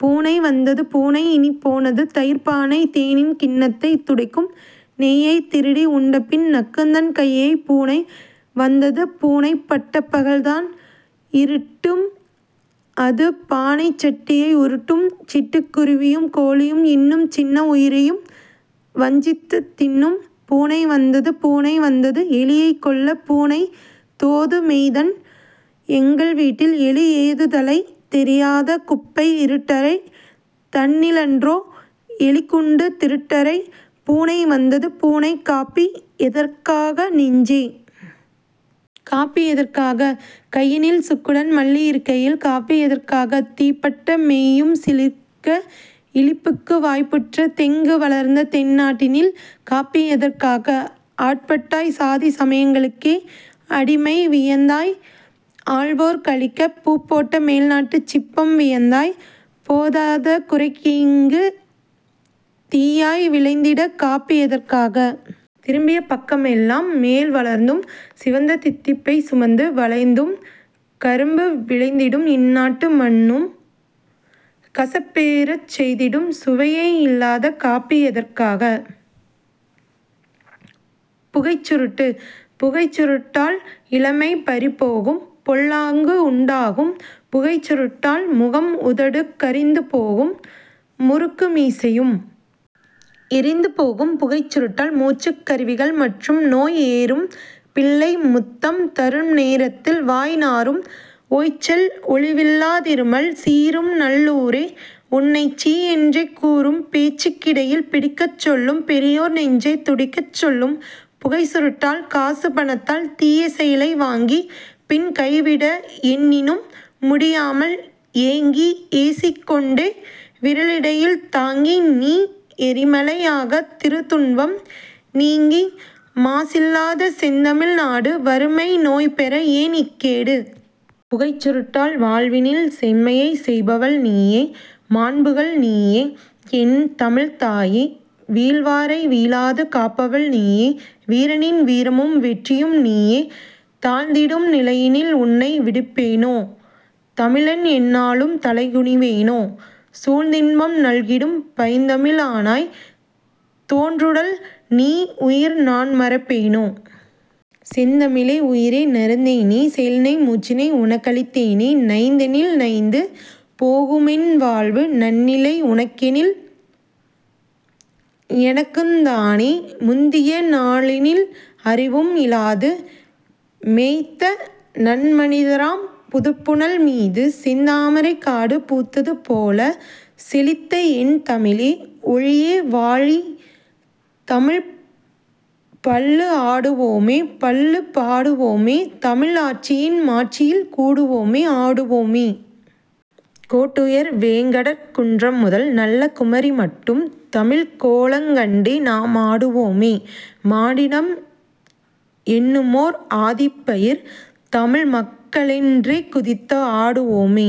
பூனை வந்தது பூனை இனிப் போனது தயிர்ப் பானை தேனின் கிண்ணத்தைத் துடைக்கும் நெய்யைத் திருடி உண்டபின் நக்குந்தன் கையைப் பூனை வந்தது பூனை பட்டப் பகல்தான் இருட்டும் அது பானை சட்டியை உருட்டும் சிட்டுக் குருவியும் கோழியும் இன்னும் சின்ன உயிரையும் வஞ்சித்துத் தின்னும் பூனை வந்தது பூனை எலிகொல்லப் பூனை தோது மெய்தான் எங்கள் வீட்டில் எலி ஏது தலை தெரியாத குப்பை இருட்டறை தன்னிலன்றோ எலிக்குண்டு திருட்டறை பூனை வந்தது பூனை காப்பி எதற்காக நெஞ்சே? காப்பி எதற்காக கையினில் சுக்குடன் மல்லி இருக்கையில் காப்பி எதற்காக தீப்பட்ட மெய்யும் சிலிர்க்க இளிப்புக்கு வாய்ப்புற்ற தெங்கு வளர்ந்த தென்னாட்டினில் காப்பி எதற்காக? ஆட்பட்டாய் சாதி சமயங்களுக்கே அடிமை வியந்தாய் ஆள்வோர் களிக்கப் பூப்போட்ட மேல்நாட்டுச் சிப்பம் வியந்தாய் போதாதக் குறைக்கிங்குத் தீதாய் விளைந்திட்ட காப்பி எதற்காக? திரும்பிய பக்கமெல் லாம்மேல் வளர்ந்தும் சிவந்து தித்திப்பைச் சுமந்து வளைந்தும் கரும்பு விளைந்திடும் இந்நாட்டு மண்ணும் கசப்பேறச் செய்திடும் சுவையே இலாத காப்பி எதற்காக? புகைச் சுருட்டு புகைச் சுருட்டால் இளமை பறிபோகும் பொல்லாங் குண்டாகும் புகைச் சுருட்டால்! முகமும் உதடும் கரிந்துபோகும் முறுக்கு மீசையும் எரிந்து போகும் புகைச் சுருட்டால் மூச்சுக் கருவிகள் முற்றும் நோய்ஏறும் பிள்ளை முத்தம் தருநே ரத்தில் வாய் நாறும் ஓய்ச்சல் ஒழிவில் லாதிருமல் சீறும் நல் ஊரோ உன்னைச் சீ என்றே கூறும் பேச்சுக் கிடையில் பிடிக்கச் சொல்லும் பெரியார் நெஞ்சம் துடிக்கச் சொல்லும் புகைச் சுருட்டால் காசுபணத்தால் தீச்செயலை வாங்கிப் பின் கைவிட எண்ணினும் முடியாமல் ஏங்கி ஏசிக்கொண்டே விரலிடையில் தாங்கி நீ எரிமலை ஆகா திருதுன்பம் நீங்கி மாசில்லாத செந்தமிழ் நாடு வறுமை நோய்பெற ஏன் இக்கேடு? புகைச் சுருட்டால் வாழ்வினில் செம்மையைச் செய்பவள் நீயே மாண்புகள் நீயே என் தமிழ்த் தாயே வீழ்வாரை வீழாது காப்பவள் நீயே வீரனின் வீரமும் வெற்றியும் நீயே தாழ்ந்திடு நிலையினில் உனை விடுப்பேனோ தமிழன்எந் நாளும் தலைகுனி வேனோ? சூழ்ந்தின்பம் நல்கிடும் பைந்தமிழ் அன்னாய் தோன்றுடல் நீஉயிர் நான்மறப் பேனோ? செந்தமிழே! உயிரே நறுந்தேனே செயலினை மூச்சினை உனக்களித்தேனே நைந்தா யெனில்நைந்து போகுமென் வாழ்வு நன்னிலை உனக்கெனில் எனக்குந் தானே! முந்திய நாளினில் அறிவும் இலாது மொய்த்தநன் மனிதராம் புதுப்புனல் மீது செந்தாமரைக் காடு பூத்தது போலே செழித்தஎன் தமிழே ஒளியே வாழி! தமிழ்ப் பள்ளு ஆடுவமே பள்ளுப் பாடுவமேதமிழ் ஆட்சியின் மாட்சியில் கூடுவோமே ஆடுவோமே! கோடுயர் வேங்கடக் குன்றமுதல் நல்ல குமரிமட்டும் தமிழர் கோலங் கண்டே நாம் ஆடுவோமே மானிடம் என்னுமோர் ஆதிப்பயிர் தமிழ் மக்களென் றேகுதித் தாடுவமே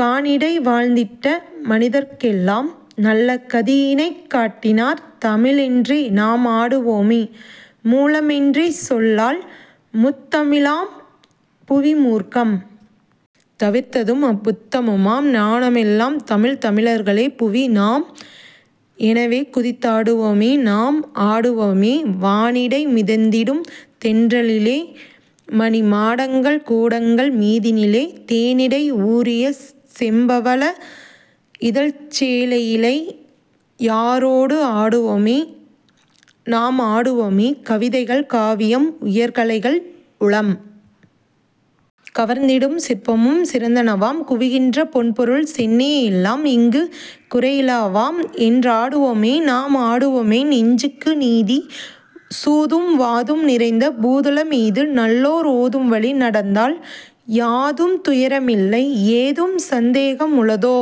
கானிடை வாழ்ந்திட்ட மனிதர்க்கெலாம் நல்ல கதியினைக் காட்டினர் தமிழ ரென்றே நாம் ஆடுவோமே மூலமென்றே சொல்லல் முத் தமிழாம் புவி மூர்க்கம் தவிர்த்ததும் அப் புத்தமுதாம் ஞாலமெலாம் தமிழ் தமிழர்களே புவி நாம் எனவே குதித் தாடுவமே நாம் ஆடுவமே வானிடை மிதந்திடும் தென்றலிலே மணி மாடங்கள் கூடங்கள் மீதினிலே தேனிடை ஊறிய செம்பவழ இதழ்ச் சேயிழை யாரொடும் ஆடுவமே நாம் ஆடுவமே கவிதைகள் காவியம் உயர்கலைகள் உளம் கவர்ந்திடும் சிற்பமும் சிறந்தனவாம் குவிகின்ற பொன்பொருள் செந்நெலெலாம் இங்குக் குறையில வாம் என்றாடுவமே நாம் ஆடுவமே நெஞ்சுக்கு நீதி சூதும் வாதும் நிறைந்த பூதலமீது நல்லூர் ஓதும்வழி நடந்தால் யாதும் துயரமில்லை ஏதும் சந்தேகம் உளதோ